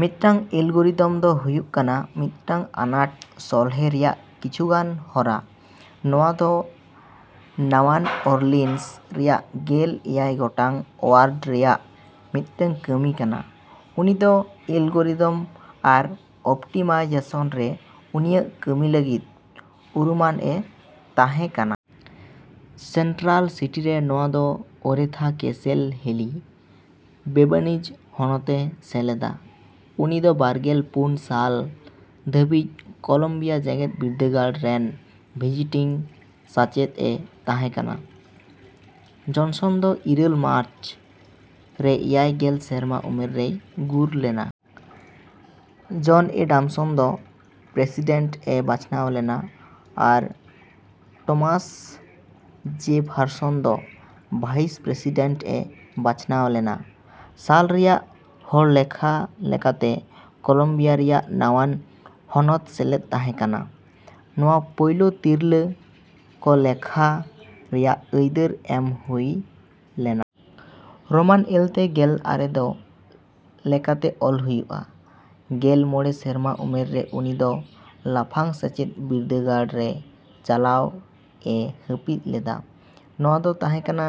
ᱢᱤᱫᱴᱟᱝ ᱮᱞᱜᱚᱨᱤᱫᱚᱢ ᱫᱚ ᱦᱩᱭᱩᱜ ᱠᱟᱱᱟ ᱢᱤᱫᱴᱟᱝ ᱟᱱᱟᱴ ᱥᱚᱞᱦᱮ ᱨᱮᱭᱟᱜ ᱠᱤᱪᱷᱩ ᱜᱟᱱ ᱦᱚᱨᱟ᱾ ᱱᱚᱶᱟ ᱫᱚ ᱱᱟᱣᱟᱱ ᱚᱨᱞᱤᱱᱥ ᱨᱮᱭᱟᱜ ᱜᱮᱞ ᱮᱭᱟᱭ ᱜᱚᱴᱟᱝ ᱳᱣᱟᱨᱰ ᱨᱮᱭᱟᱜ ᱢᱤᱫᱴᱟᱝ ᱠᱟᱹᱢᱤ ᱠᱟᱱᱟ᱾ ᱩᱱᱤ ᱫᱚ ᱮᱞᱜᱚᱨᱤᱫᱚᱢ ᱟᱨ ᱚᱯᱴᱤᱢᱟᱭᱡᱮᱥᱚᱱ ᱨᱮ ᱩᱱᱤᱭᱟᱜ ᱠᱟᱹᱢᱤ ᱞᱟᱹᱜᱤᱫ ᱩᱨᱩᱢᱟᱱᱼᱮ ᱛᱟᱦᱮᱠᱟᱱᱟ᱾ ᱥᱮᱱᱴᱨᱟᱞ ᱥᱤᱴᱤᱨᱮ ᱱᱚᱶᱟ ᱫᱚ ᱳᱨᱮᱛᱷᱟ ᱠᱮᱹᱥᱮᱞ ᱦᱮᱹᱞᱤ ᱵᱮᱵᱟᱹᱱᱤᱡ ᱦᱚᱱᱚᱛᱮ ᱥᱮᱞᱮᱫᱟ᱾ ᱩᱱᱤ ᱫᱚ ᱵᱟᱨᱜᱮᱞ ᱯᱩᱱ ᱥᱟᱞ ᱫᱷᱟᱹᱵᱤᱡ ᱠᱚᱞᱚᱢᱵᱤᱭᱟ ᱡᱮᱜᱮᱫ ᱵᱤᱨᱫᱟᱹᱜᱟᱲ ᱨᱮᱱ ᱵᱷᱤᱡᱤᱴᱤᱝ ᱥᱟᱪᱮᱫᱼᱮ ᱛᱟᱦᱮᱠᱟᱱᱟ᱾ ᱡᱚᱱᱥᱚᱱ ᱫᱚ ᱤᱨᱟᱹᱞ ᱢᱟᱨᱪ, ᱨᱮ ᱮᱭᱟᱭ ᱜᱮᱞ ᱥᱮᱨᱢᱟ ᱩᱢᱮᱨ ᱨᱮᱭ ᱜᱩᱨ ᱞᱮᱱᱟ᱾ ᱡᱚᱱ ᱮᱹᱰᱟᱢᱥᱚᱱ ᱫᱚ ᱯᱨᱮᱥᱤᱰᱮᱱᱴ ᱮ ᱵᱟᱪᱷᱱᱟᱣ ᱞᱮᱱᱟ, ᱟᱨ ᱴᱚᱢᱟᱥ ᱡᱮᱯᱷᱟᱨᱥᱚᱱ ᱫᱚ ᱵᱷᱟᱭᱤᱥ ᱯᱨᱮᱥᱤᱰᱮᱱᱴ ᱮ ᱵᱟᱪᱷᱱᱟᱣ ᱞᱮᱱᱟ᱾ ᱥᱟᱞ ᱨᱮᱭᱟᱜ ᱦᱚᱲᱞᱮᱠᱷᱟ ᱞᱮᱠᱟᱛᱮ ᱠᱚᱞᱚᱢᱵᱤᱭᱟ ᱨᱮᱭᱟᱜ ᱱᱟᱣᱟᱱ ᱦᱚᱱᱚᱛ ᱥᱮᱞᱮᱫ ᱛᱟᱦᱮᱸ ᱠᱟᱱᱟ᱾ ᱱᱚᱶᱟ ᱯᱳᱭᱞᱳ ᱛᱤᱨᱞᱟᱹ ᱠᱚ ᱞᱮᱠᱷᱟ ᱨᱮᱭᱟᱜ ᱟᱹᱭᱫᱟᱹᱨ ᱮᱢ ᱦᱩᱭ ᱞᱮᱱᱟ᱾ ᱨᱳᱢᱟᱱ ᱮᱞ ᱛᱮ ᱜᱮᱞ ᱟᱨᱮ ᱫᱚ ᱞᱮᱠᱟᱛᱮ ᱚᱞ ᱦᱩᱭᱩᱜᱼᱟ᱾ ᱜᱮᱞ ᱢᱚᱬᱮ ᱥᱮᱨᱢᱟ ᱩᱢᱮᱨ ᱨᱮ ᱩᱱᱤ ᱫᱚ ᱞᱟᱯᱷᱟᱝ ᱥᱮᱪᱮᱫ ᱵᱤᱨᱫᱟᱹᱜᱟᱲ ᱨᱮ ᱪᱟᱞᱟᱣᱼᱮ ᱦᱟᱹᱯᱤᱫ ᱞᱮᱫᱟ᱾ ᱱᱚᱶᱟ ᱫᱚ ᱛᱟᱦᱮᱸ ᱠᱟᱱᱟ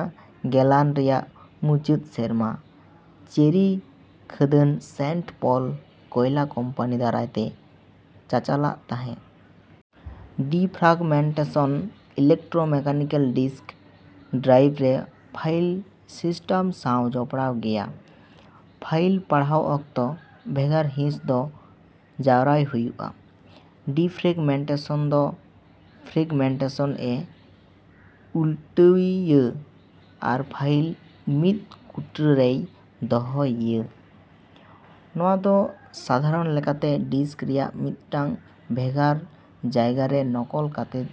ᱜᱮᱞᱟᱱ ᱨᱮᱭᱟᱜ ᱢᱩᱪᱟᱹᱫ ᱥᱮᱨᱢᱟ᱾ ᱪᱮᱨᱤ ᱠᱷᱟᱹᱫᱟᱹᱱ ᱥᱮᱱᱴ ᱯᱚᱞ ᱠᱚᱭᱞᱟ ᱠᱳᱢᱯᱟᱱᱤ ᱫᱟᱨᱟᱭᱛᱮ ᱪᱟᱪᱟᱞᱟᱜ ᱛᱟᱦᱮᱸ᱾ ᱰᱤᱯᱷᱨᱟᱜᱢᱮᱱᱴᱮᱥᱚᱱ ᱤᱞᱮᱠᱴᱨᱳᱢᱮᱠᱟᱱᱤᱠᱮᱞ ᱰᱤᱥᱠ ᱰᱨᱟᱭᱤᱵᱷ ᱨᱮ ᱯᱷᱟᱭᱤᱞ ᱥᱤᱥᱴᱟᱢ ᱥᱟᱶ ᱡᱚᱯᱚᱲᱟᱣ ᱜᱮᱭᱟ᱾ ᱯᱷᱟᱭᱤᱞ ᱯᱟᱲᱦᱟᱣ ᱚᱠᱛᱚ, ᱵᱷᱮᱜᱟᱨ ᱦᱤᱸᱥ ᱫᱚ ᱡᱟᱣᱨᱟᱭ ᱦᱩᱭᱩᱜᱼᱟ᱾ ᱰᱤᱯᱷᱨᱮᱜᱢᱮᱱᱴᱮᱥᱚᱱ ᱫᱚ ᱯᱷᱨᱮᱜᱢᱮᱱᱴᱮᱥᱚᱱᱼᱮ ᱩᱞᱴᱟᱹᱣᱤᱭᱟ ᱟᱨ ᱯᱷᱟᱭᱤᱞ ᱢᱤᱫ ᱠᱩᱴᱨᱟᱹ ᱨᱮᱭ ᱫᱚᱦᱚᱭᱤᱭᱟ᱾ ᱱᱚᱣᱟ ᱫᱚ ᱥᱟᱫᱷᱟᱨᱚᱱ ᱞᱮᱠᱟᱛᱮ ᱰᱤᱥᱠ ᱨᱮᱭᱟᱜ ᱢᱤᱫᱴᱟᱝ ᱵᱷᱮᱜᱟᱨ ᱡᱟᱭᱜᱟᱨᱮ ᱱᱚᱠᱚᱞ ᱠᱟᱛᱮᱫ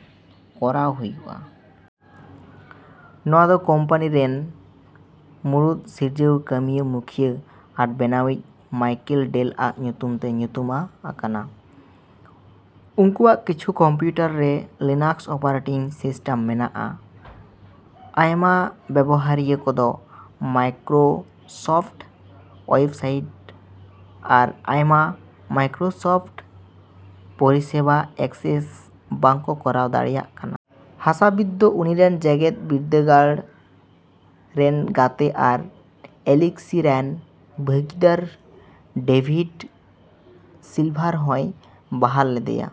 ᱠᱚᱨᱟᱣ ᱦᱩᱭᱩᱜᱼᱟ᱾ ᱱᱚᱣᱟ ᱫᱚ ᱠᱳᱢᱯᱟᱹᱱᱤ ᱨᱮᱱ ᱢᱩᱲᱩᱫ ᱥᱤᱨᱡᱟᱹᱣ ᱠᱟᱹᱢᱤᱭᱟᱹ ᱢᱩᱠᱷᱭᱟᱹ ᱟᱨ ᱵᱮᱱᱟᱣᱤᱡ ᱢᱟᱭᱠᱮᱞ ᱰᱮᱞᱼᱟᱜ ᱧᱩᱛᱩᱢ ᱛᱮ ᱧᱩᱛᱩᱢᱟ ᱟᱠᱟᱱᱟ᱾ ᱩᱝᱠᱩᱣᱟᱜ ᱠᱤᱪᱷᱩ ᱠᱚᱢᱯᱤᱭᱩᱴᱟᱨ ᱨᱮ ᱞᱤᱱᱟᱠᱥ ᱚᱯᱟᱨᱮᱴᱤᱝ ᱥᱤᱥᱴᱟᱢ ᱢᱮᱱᱟᱜᱼᱟ᱾ ᱟᱭᱢᱟ ᱵᱮᱵᱚᱦᱟᱨᱤᱭᱟᱹ ᱠᱚᱫᱚ ᱢᱟᱭᱠᱨᱳᱥᱚᱯᱷᱴ ᱳᱣᱮᱵᱥᱟᱭᱤᱴ ᱟᱨ ᱟᱭᱢᱟ ᱢᱟᱭᱠᱨᱳᱥᱚᱯᱷᱴ ᱯᱚᱨᱤᱥᱮᱵᱟ ᱮᱠᱥᱮᱥ ᱵᱟᱝᱠᱚ ᱠᱚᱨᱟᱣ ᱫᱟᱲᱮᱭᱟᱜ ᱠᱟᱱᱟ᱾ ᱦᱟᱥᱟᱵᱤᱛ ᱫᱚ ᱩᱱᱤᱨᱮᱱ ᱡᱮᱜᱮᱫ ᱵᱤᱨᱫᱟᱹᱜᱟᱲ ᱨᱮᱱ ᱜᱟᱛᱮ ᱟᱨ ᱮᱞᱤᱠᱥᱤ ᱨᱮᱱ ᱵᱷᱟᱹᱜᱤᱫᱟᱨ ᱰᱮᱵᱷᱤᱰ ᱥᱤᱞᱵᱷᱟᱨ ᱦᱚᱸᱭ ᱵᱟᱦᱟᱞ ᱞᱮᱫᱮᱭᱟ᱾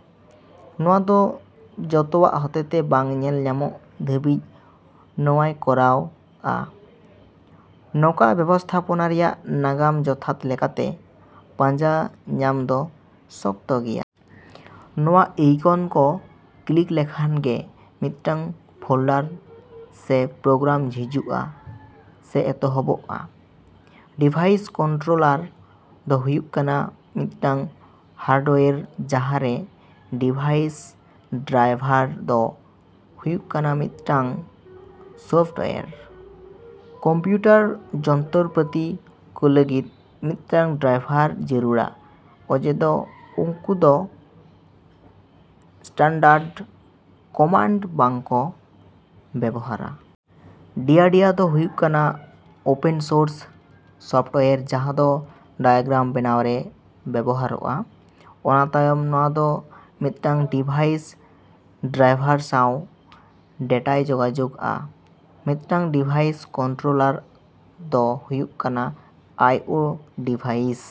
ᱱᱚᱣᱟ ᱫᱚ ᱡᱚᱛᱚᱣᱟᱜ ᱦᱚᱛᱮᱛᱮ ᱵᱟᱝ ᱧᱮᱞ ᱧᱟᱢᱚᱜ ᱫᱷᱟᱹᱵᱤᱡ ᱱᱚᱣᱟᱭ ᱠᱚᱨᱟᱣᱼᱟ᱾ ᱱᱚᱠᱟ ᱵᱮᱵᱚᱥᱛᱷᱟᱯᱚᱱᱟ ᱨᱮᱭᱟᱜ ᱱᱟᱜᱟᱢ ᱡᱚᱛᱷᱟᱛ ᱞᱮᱠᱟᱛᱮ ᱯᱟᱸᱡᱟ ᱧᱟᱢ ᱫᱚ ᱥᱚᱠᱛᱚ ᱜᱮᱭᱟ᱾ ᱱᱚᱣᱟ ᱤᱭᱠᱚᱱ ᱠᱚ ᱠᱞᱤᱠ ᱞᱮᱠᱷᱟᱱ ᱜᱮ ᱢᱤᱫᱴᱟᱝ ᱯᱷᱳᱞᱰᱟᱨ ᱥᱮ ᱯᱨᱳᱜᱨᱟᱢ ᱡᱷᱤᱡᱩᱜᱼᱟ ᱥᱮ ᱮᱛᱚᱦᱚᱵᱚᱜᱼᱟ᱾ ᱰᱤᱵᱷᱟᱭᱤᱥ ᱠᱚᱱᱴᱨᱳᱞᱟᱨ ᱫᱚ ᱦᱩᱭᱩᱜ ᱠᱟᱱᱟ ᱢᱤᱫᱴᱟᱝ ᱦᱟᱨᱰᱳᱣᱮᱨ ᱡᱟᱦᱟᱨᱮ ᱰᱤᱵᱷᱟᱭᱤᱥ ᱰᱨᱟᱭᱵᱷᱟᱨ ᱫᱚ ᱦᱩᱭᱩᱜ ᱠᱟᱱᱟ ᱢᱤᱫᱴᱟᱝ ᱥᱚᱯᱷᱴᱳᱣᱮᱨ᱾ ᱠᱚᱢᱯᱤᱭᱩᱴᱟᱨ ᱡᱚᱱᱛᱚᱨ ᱯᱟᱹᱛᱤ ᱠᱚ ᱞᱟᱹᱜᱤᱫ ᱢᱤᱫᱴᱟᱝ ᱰᱨᱟᱭᱵᱷᱟᱨ ᱡᱟᱹᱨᱩᱲᱟ ᱚᱡᱮ ᱫᱚ ᱩᱝᱠᱩ ᱫᱚ ᱥᱴᱟᱱᱰᱟᱨᱰ ᱠᱚᱢᱟᱱᱰ ᱵᱟᱝ ᱠᱚ ᱵᱮᱵᱚᱦᱟᱨᱟ᱾ ᱰᱤᱭᱟ ᱰᱤᱭᱟ ᱫᱚ ᱦᱩᱭᱩᱜ ᱠᱟᱱᱟ ᱳᱯᱮᱱ ᱥᱳᱨᱥ ᱥᱚᱯᱷᱴᱳᱣᱮᱨ ᱡᱟᱦᱟ ᱫᱚ ᱰᱟᱭᱟᱜᱨᱟᱢ ᱵᱮᱱᱟᱣ ᱨᱮ ᱵᱮᱵᱚᱦᱟᱨᱚᱜᱼᱟ᱾ ᱚᱱᱟ ᱛᱟᱭᱚᱢ ᱱᱚᱣᱟ ᱫᱚ ᱢᱤᱫᱴᱟᱝ ᱰᱤᱵᱷᱟᱭᱤᱥ ᱰᱨᱟᱭᱵᱷᱟᱨ ᱥᱟᱣ ᱰᱮᱴᱟᱭ ᱡᱳᱜᱟᱡᱳᱜᱼᱟ᱾ ᱢᱤᱫᱴᱟᱝ ᱰᱤᱵᱷᱟᱭᱤᱥ ᱠᱚᱱᱴᱨᱳᱞᱟᱨ ᱫᱚ ᱦᱩᱭᱩᱜ ᱠᱟᱱᱟ ᱟᱭ ᱳ ᱰᱤᱵᱷᱟᱭᱤᱥ᱾